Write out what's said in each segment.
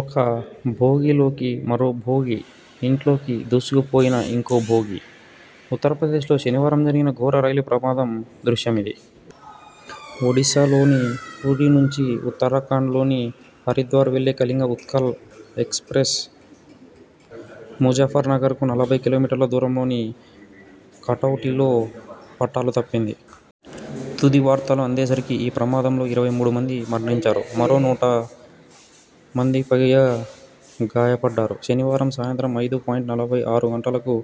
ఒక బోగీ లోకి మరో బోగీ! ఇంట్లోకి దూసుకుపోయిన ఇంకో బోగీ! ఉత్తరప్రదేశ్లో శనివారం జరిగిన ఘోర రైలు ప్రమాద దృశ్యమిది. ఒడిసా లోని పూరీ నుంచి ఉత్తరాఖండ్లోని హరిద్వార్ వెళ్లే కళింగ ఉత్కళ్ ఎక్స్ ప్రెస్ ముజఫర్నగర్కు నలభై కిలోమీటర్ల దూరంలోని కటౌలీలో పట్టాలు తప్పింది. తుది వార్తలు అందేసరికి ఈ ప్రమాదంలో ఇరవై మూడు మంది మరణించారు. మరో నూట మందికిపైగా గాయపడ్డారు. శనివారం సాయంత్రం ఐదు పాయింట్ నలభై ఆరు గంటలకు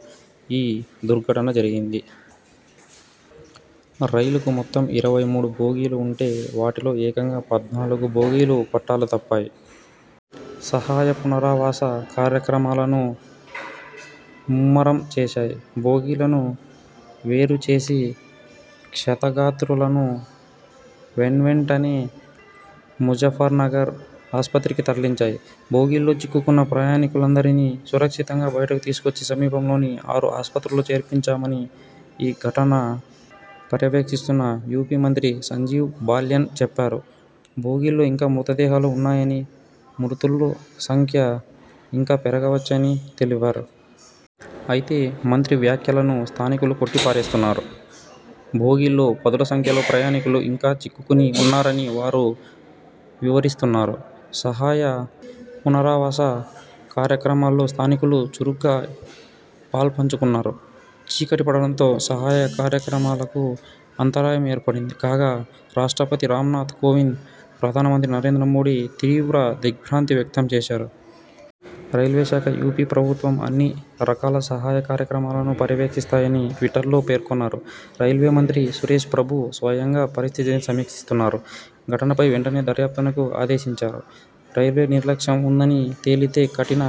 ఈ దుర్ఘటన జరిగింది. రైలుకు మొత్తం ఇరవై మూడు బోగీలు ఉంటే వాటిలో ఏకంగా పద్నాలుగు బోగీలు పట్టాలు తప్పాయి. సహాయ పునరావాస కార్యక్రమాలను ముమ్మరం చేశాయి. బోగీలను వేరు చేసి క్షతగాత్రులను వెన్వెంటనే ముజఫర్నగర్ ఆస్పత్రికి తరలించాయి. బోగీల్లో చిక్కుకున్న ప్రయాణికులందరినీ సురక్షితంగా బయటకు తీసుకొచ్చి, సమీపంలోని ఆరు ఆస్పత్రుల్లో చేర్పించామని ఈ దుర్ఘటనను పర్యవేక్షిస్తున్న యూపీ మంత్రి సంజీవ్ బల్యాన్ చెప్పారు. బొగీల్లో ఇంకా మృతదేహాలు ఉన్నాయని, మృతుల సంఖ్య ఇంకా పెరగవచ్చని తెలిపారు. అయితే, మంత్రి వ్యాఖ్యలను స్థానికులు కొట్టి పారేస్తున్నారు. బోగీల్లో పదుల సంఖ్యలో ప్రయాణికులు ఇంకా చిక్కుకుని ఉన్నారని వారు వివరిస్తున్నారు. సహాయ పునరావాస కార్యక్రమాల్లో స్థానికులు చురుగ్గా పాల్పంచుకున్నారు. చీకటి పడడంతో సహాయ కార్యక్రమాలకు అంతరాయం ఏర్పడింది. కాగా, రాష్ట్రపతి రామ్నాథ్ కోవింద్, ప్రధాన మంత్రి నరేంద్ర మోదీ తీవ్ర దిగ్ర్భాంతి వ్యక్తం చేశారు. రైల్వే శాఖ, యూపీ ప్రభుత్వం అన్ని రకాల సహాయ కార్యక్రమాలను పర్యవేక్షిస్తాయని ట్విటర్లో పేర్కొన్నారు. రైల్వే మంత్రి సురేశ్ ప్రభు స్వయంగా పరిస్థితిని సమీక్షిస్తున్నారు. ఘటనపై వెంటనే దర్యాప్తునకు ఆదేశించారు. రైల్వే నిర్లక్ష్యం ఉందని తేలితే కఠిన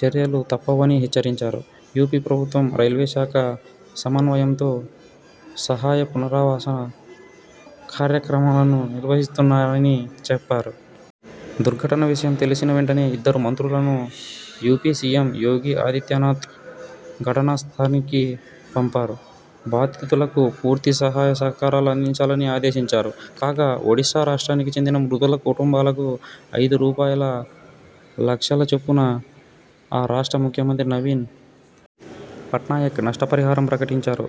చర్యలు తప్పవని హెచ్చరించారు. యూపీ ప్రభుత్వం, రైల్వే శాఖ సమన్వయంతో సహాయ పునరావాస కార్యక్రమాలను నిర్వహిస్తున్నాయని చెప్పారు. దుర్ఘటన విషయం తెలిసిన వెంటనే ఇద్దరు మంత్రులను యూపీ సీఎం యోగి ఆదిత్యనాథ్ ఘటనా స్థలికి పంపారు. బాధితులకు పూర్తి సహాయ సహకారాలు అందించాలని ఆదేశించారు. కాగా, ఒడిసా రాష్ట్రానికి చెందిన మృతుల కుటుంబాలకు ఐదు రూపాయల లక్షల చొప్పున ఆ రాష్ట్ర ముఖ్యమంత్రి నవీన్ పట్నాయక్ నష్ట పరిహారం ప్రకటించారు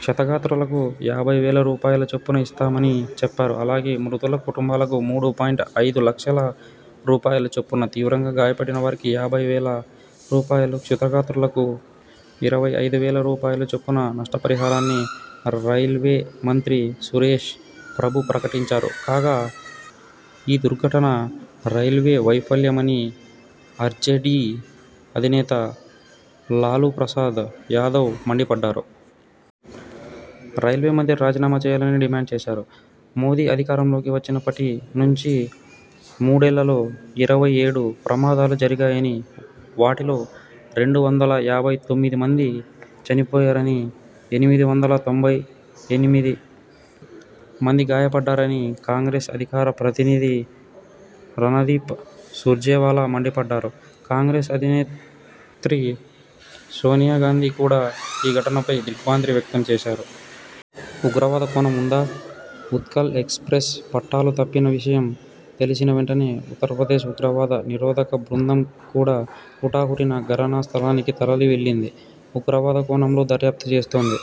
క్షతగాత్రులకు యాభై వేల రూపాయల చొప్పున ఇస్తామని చెప్పారు అలాగే, మృతుల కుటుంబాలకు మూడు పాయింట్ ఐదు లక్షల రూపాయల చొప్పున తీవ్రంగా గాయపడిన వారికి యాభై వేల రూపాయలు క్షతగాత్రులకు ఇరవై ఐదు వేల రూపాయలు చొప్పున నష్ట పరిహారాన్ని రైల్వే మంత్రి సురేశ్ ప్రభు ప్రకటించారు కాగా, ఈ దుర్ఘటన రైల్వే వైఫల్యమని ఆర్జేడీ అధినేత లాలు ప్రసాద్ యాదవ్ మండి పడ్డారు. రైల్వే మంత్రి రాజీనామా చేయాలని డిమాండ్ చేశారు. మోదీ అధికారంలోకి వచ్చినప్పటి నుంచీ మూడేళ్లలో ఇరవై ఏడు ప్రమాదాలు జరిగాయని, వాటిలో రెండు వందల యాభై తొమ్మిది మంది చనిపోయారని, ఎనిమిది వందల తొంభై తొమ్మిది మంది గాయపడ్డారని కాంగ్రెస్ అధికార ప్రతినిధి రణదీప్ సూర్జేవాలా మండిపడ్డారు కాంగ్రెస్ అధినేత్రి సోనియా గాంధీ కూడా ఈ ఘటనపై దిగ్ర్భాంతి వ్యక్తం చేశారు. ఉగ్రవాద కోణం ఉందా? ఉత్కళ్ ఎక్స్ ప్రెస్ పట్టాలు తప్పిన విషయం తెలిసిన వెంటనే ఉత్తరప్రదేశ్ ఉగ్రవాద నిరోధక బృందం కూడా హుటాహుటిన ఘటనా స్థలానికి తరలి వెళ్లింది. ఉగ్రవాద కోణంలో దర్యాప్తు చేస్తోంది.